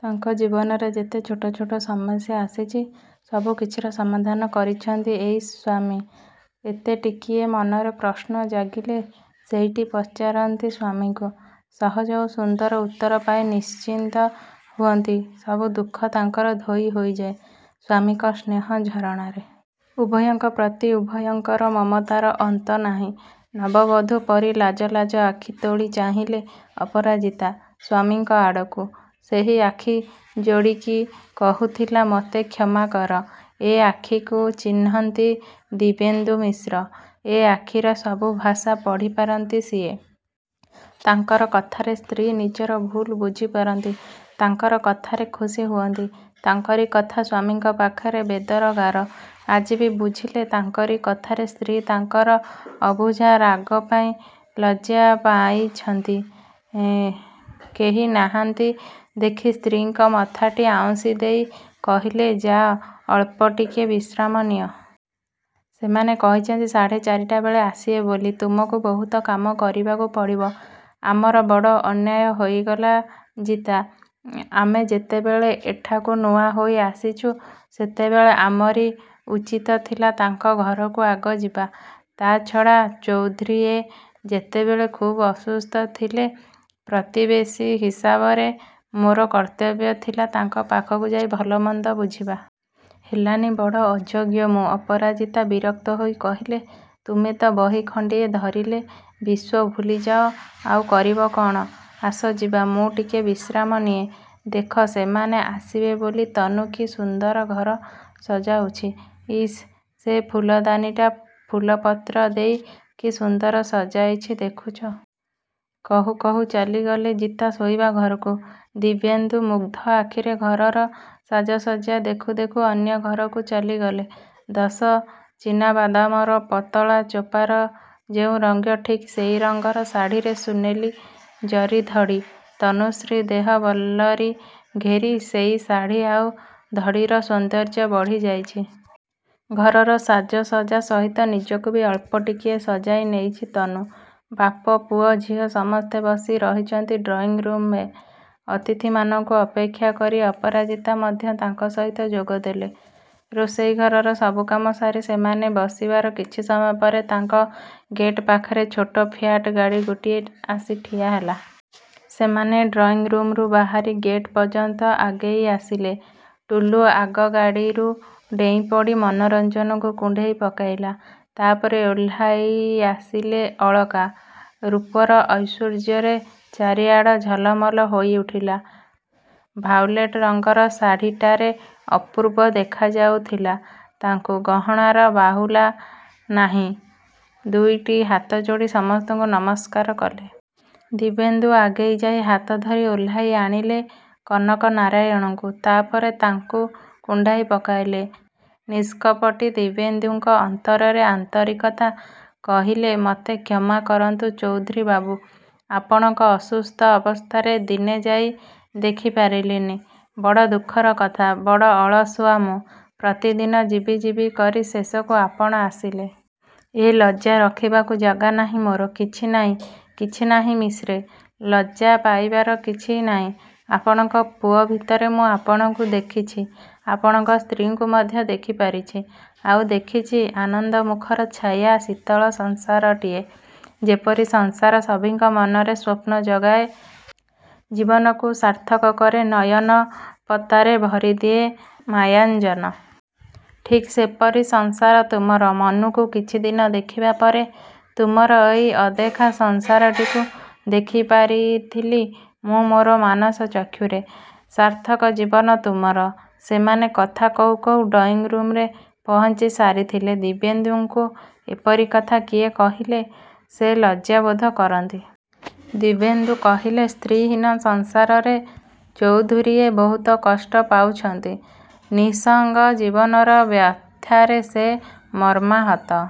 ତାଙ୍କ ଜୀବନରେ ଯେତେ ଛୋଟ ଛୋଟ ସମସ୍ୟା ଆସିଛି, ସବୁ କିଛିର ସମାଧାନ କରିଛନ୍ତି ଏଇ ସ୍ୱାମୀ। ଏତେ ଟିକିଏ ମନରେ ପ୍ରଶ୍ନ ଜାଗିଲେ ସେଇଟି ପଚାରନ୍ତି ସ୍ୱାମୀଙ୍କୁ। ସହଜ ଓ ସୁନ୍ଦର ଉତ୍ତର ପାଇ ନିଶ୍ଚିନ୍ତ ହୁଅନ୍ତି-। ସବୁ ଦୁଃଖ ତାଙ୍କର ଧୋଇ ହୋଇଯାଏ ସ୍ୱାମୀଙ୍କ ସ୍ନେହ ଝରଣାରେ। ଉଭୟଙ୍କ ପ୍ରତି ଉଭୟଙ୍କର ମମତାର ଅନ୍ତ ନାହିଁ। ନବବଧୂ ପରି ଲାଜ ଲାଜ ଆଖି ତୋଳି ଚାହିଁଲେ ଅପରାଜିତା ସ୍ୱାମୀଙ୍କ ଆଡ଼କୁ। ସେହି ଆଖି ଯୋଡ଼ିକି କହୁଥିଲା ମୋତେ କ୍ଷମା କର। ଏ ଆଖିକୁ ଚିହ୍ନନ୍ତି ଦିବ୍ୟେନ୍ଦୁ ମିଶ୍ର। ଏ ଆଖିର ସବୁ ଭାଷା ପଢ଼ିପାରନ୍ତି ସିଏ। ତାଙ୍କର କଥାରେ ସ୍ତ୍ରୀ ନିଜର ଭୁଲ୍ ବୁଝିପାରନ୍ତି, ତାଙ୍କର କଥାରେ ଖୁସି ହୁଅନ୍ତି। ତାଙ୍କରି କଥା ସ୍ତ୍ରୀଙ୍କ ପାଖରେ ବେଦର ଗାର। ଆଜି ବି ବୁଝିଲେ ତାଙ୍କରି କଥାରେ ସ୍ତ୍ରୀ ତାଙ୍କର ଅବୁଝା ରାଗ ପାଇଁ ଲଜ୍ଜା ପାଇଛନ୍ତି। କେହି ନାହାନ୍ତି ଦେଖି ସ୍ତ୍ରୀଙ୍କ ମଥାଟି ଆଉଁସିଦେଇ କହିଲେ ଯାଅ ଅଳ୍ପଟିକେ ବିଶ୍ରାମ ନିଅ। ସେମାନେ କହିଛନ୍ତି ସାଢ଼େ ଚାରିଟାବେଳେ ଆସିବେ ବୋଲି। ତୁମକୁ ବହୁତ କାମ କରିବାକୁ ପଡ଼ିବ। ଆମର ବଡ଼ ଅନ୍ୟାୟ ହୋଇଗଲା ଜିତା, ଆମେ ଯେତେବେଳେ ଏଠାକୁ ନୂଆ ହୋଇ ଆସିଛୁ ସେତେବେଳେ ଆମରି ଉଚିତ ଥିଲା ତାଙ୍କ ଘରକୁ ଆଗ ଯିବା। ତା' ଛଡ଼ା ଚୌଧୂରୀଏ ଯେତେବେଳେ ଖୁବ୍ ଅସୁସ୍ଥ ଥିଲେ ପ୍ରତିବେଶୀ ହିସାବରେ ମୋର କର୍ତ୍ତବ୍ୟ ଥିଲା ତାଙ୍କ ପାଖକୁ ଯାଇ ଭଲମନ୍ଦ ବୁଝିବା। ହେଲାନି, ବଡ଼ ଅଯୋଗ୍ୟ ମୁଁ। ଅପରାଜିତା ବିରକ୍ତ ହୋଇ କହିଲେ–ତୁମେ ତ ବହି ଖଣ୍ଡିଏ ଧରିଲେ ବିଶ୍ୱ ଭୁଲିଯାଅ, ଆଉ କରିବ କ'ଣ। ଆସ ଯିବା। ମୁଁ ଟିକେ ବିଶ୍ରାମ ନିଏ। ଦେଖ ସେମାନେ ଆସିବେ ବୋଲି ତନୁ କି ସୁନ୍ଦର ଘର ସଜାଉଛି, ଇସ୍ ସେ ଫୁଲଦାନୀଟା ଫୁଲପତ୍ର ଦେଇ କି ସୁନ୍ଦର ସଜାଇଛି ଦେଖୁଛ? କହୁକହୁ ଚାଲିଗଲେ ଜିତା ଶୋଇବା ଘରକୁ। ଦିବ୍ୟେନ୍ଦୁ ମୁଗ୍ଧ ଆଖିରେ ଘରର ସାଜସଜ୍ଜା ଦେଖୁ ଦେଖୁ ଅନ୍ୟଘରକୁ ଚାଲିଗଲେ। ଦଶ ଚିନାବାଦାମର ପତଳା ଚୋପାର ଯେଉଁ ରଙ୍ଗ ଠିକ୍ ସେଇ ରଙ୍ଗର ଶାଢ଼ିରେ ସୁନେଲୀ ଜରି ଧଡ଼ି। ତନୁଶ୍ରୀ ଦେହ ବଲ୍ଲରୀ ଘେରି ସେଇ ଶାଢ଼ି ଆଉ ଧଡ଼ିର ସୌନ୍ଦର୍ଯ୍ୟ ବଢ଼ିଯାଇଛି। ଘରର ସାଜସଜ୍ଜା ସହିତ ନିଜକୁ ବି ଅଳ୍ପ ଟିକିଏ ସଜାଇ ନେଇଛି ତନୁ। ବାପ ପୁଅ ଝିଅ ସମସ୍ତେ ବସି ରହିଛନ୍ତି ଡ୍ରଇଁ ରୁମ୍ରେ ଅତିଥିମାନଙ୍କୁ ଅପେକ୍ଷା କରି। ଅପରାଜିତା ମଧ୍ୟ ତାଙ୍କ ସହିତ ଯୋଗଦେଲେ, ରୋଷେଇଘରର ସବୁ କାମ ସାରି। ସେମାନେ ବସିବାର କିଛି ସମୟ ପରେ ତାଙ୍କ ଗେଟ୍ ପାଖରେ ଛୋଟ ଫିଆଟ୍ ଗାଡ଼ି ଗୋଟିଏ ଆସି ଠିଆହେଲା। ସେମାନେ ଡ୍ରଇଁ ରୁମ୍ରୁ ବାହାରି ଗେଟ୍ ପର୍ଯ୍ୟନ୍ତ ଆଗେଇଆସିଲେ। ଟୁଲୁ ଆଗ ଗାଡ଼ିରୁ ଡେଇଁପଡ଼ି ମନୋରଞ୍ଜନକୁ କୁଣ୍ଢେଇ ପକେଇଲା। ତାପରେ ଓହ୍ଲାଇଆସିଲେ ଅଳକା। ରୂପର ଐଶ୍ୱର୍ଯ୍ୟରେ ଚାରିଆଡ଼ ଝଲମଲ ହୋଇଉଠିଲା। ଭାଓଲେଟ୍ ରଙ୍ଗର ଶାଢ଼ିଟାରେ ଅପୂର୍ବ ଦେଖାଯାଉଥିଲା ତାଙ୍କୁ। ଗହଣାର ବାହୁଲା ନାହିଁ। ଦୁଇଟି ହାତଯୋଡ଼ି ସମସ୍ତଙ୍କୁ ନମସ୍କାର କଲେ। ଦିବ୍ୟେନ୍ଦୁ ଆଗେଇଯାଇ ହାତ ଧରି ଓହ୍ଲାଇ ଆଣିଲେ କନକନାରାୟଣ। ତାପରେ ତାକୁ କୁଣ୍ଢାଇ ପକାଇଲେ। ନିଷ୍କପଟି ଦିବ୍ୟେନ୍ଦୁଙ୍କ ଅନ୍ତରରେ ଆନ୍ତରିକତା। କହିଲେ–ମତେ କ୍ଷମା କରନ୍ତୁ ଚଉଧୂରୀ ବାବୁ! ଆପଣଙ୍କ ଅସୁସ୍ଥ ଅବସ୍ଥାରେ ଦିନେ ଯାଇ ଦେଖିପାରିଲିନି। ବଡ଼ ଦୁଃଖର କଥା। ବଡ଼ ଅଳସୁଆ ମୁଁ। ପ୍ରତିଦିନ ଯିବି ଯିବି କରି ଶେଷକୁ ଆପଣ ଆସିଲେ। ଏ ଲଜ୍ଜା ରଖିବାକୁ ଜାଗା ନାହିଁ ମୋର। କିଛି ନାଇଁ, କିଛି ନାଇଁ ମିଶ୍ରେ। ଲଜ୍ଜା ପାଇବାର କିଛି ନାଇଁ। ଆପଣଙ୍କ ପୁଅ ଭିତରେ ମୁଁ ଆପଣଙ୍କୁ ଦେଖିଛି। ଆପଣଙ୍କ ସ୍ତ୍ରୀଙ୍କୁ ମଧ୍ୟ ଦେଖିପାରିଛି। ଆଉ ଦେଖିଛି ଆନନ୍ଦମୁଖର ଛାୟା ଶୀତଳ ସଂସାରଟିଏ। ଯେପରି ସଂସାର ସଭିଙ୍କ ମନରେ ସ୍ୱପ୍ନ ଜଗାଏ, ଜୀବନକୁ ସାର୍ଥକ କରେ, ନୟନ ପତାରେ ଭରିଦିଏ ମାୟାଞ୍ଜନ। ଠିକ୍ ସେପରି ସଂସାର ତୁମର। ମନୁକୁ କିଛିଦିନ ଦେଖିବା ପରେ ତୁମର ଏଇ ଅଦେଖା ସଂସାରଟିକୁ ଦେଖିପାରିଥିଲି ମୁଁ ମୋର ମାନସ ଚକ୍ଷୁରେ। ସାର୍ଥକଜୀବନ ତୁମର। ସେମାନେ କଥା କହୁ କହୁ ଡ୍ରଇଁରୁମ୍ରେ ପହଞ୍ଚି ସାରିଥିଲେ। ଦିବ୍ୟେନ୍ଦୁଙ୍କୁ ଏପରି କଥା କିଏ କହିଲେ ସେ ଲଜ୍ଜା ବୋଧ କରନ୍ତି। ଦିବ୍ୟେନ୍ଦୁ ବୁଝିଲେ– ସ୍ତ୍ରୀ ହୀନ ସଂସାରରେ ଚଉଧୁରୀଏ ବହୁତ କଷ୍ଟ ପାଉଛନ୍ତି। ନିଃସଙ୍ଗ ଜୀବନର ବ୍ୟାଥାରେ ସେ ମର୍ମାହତ।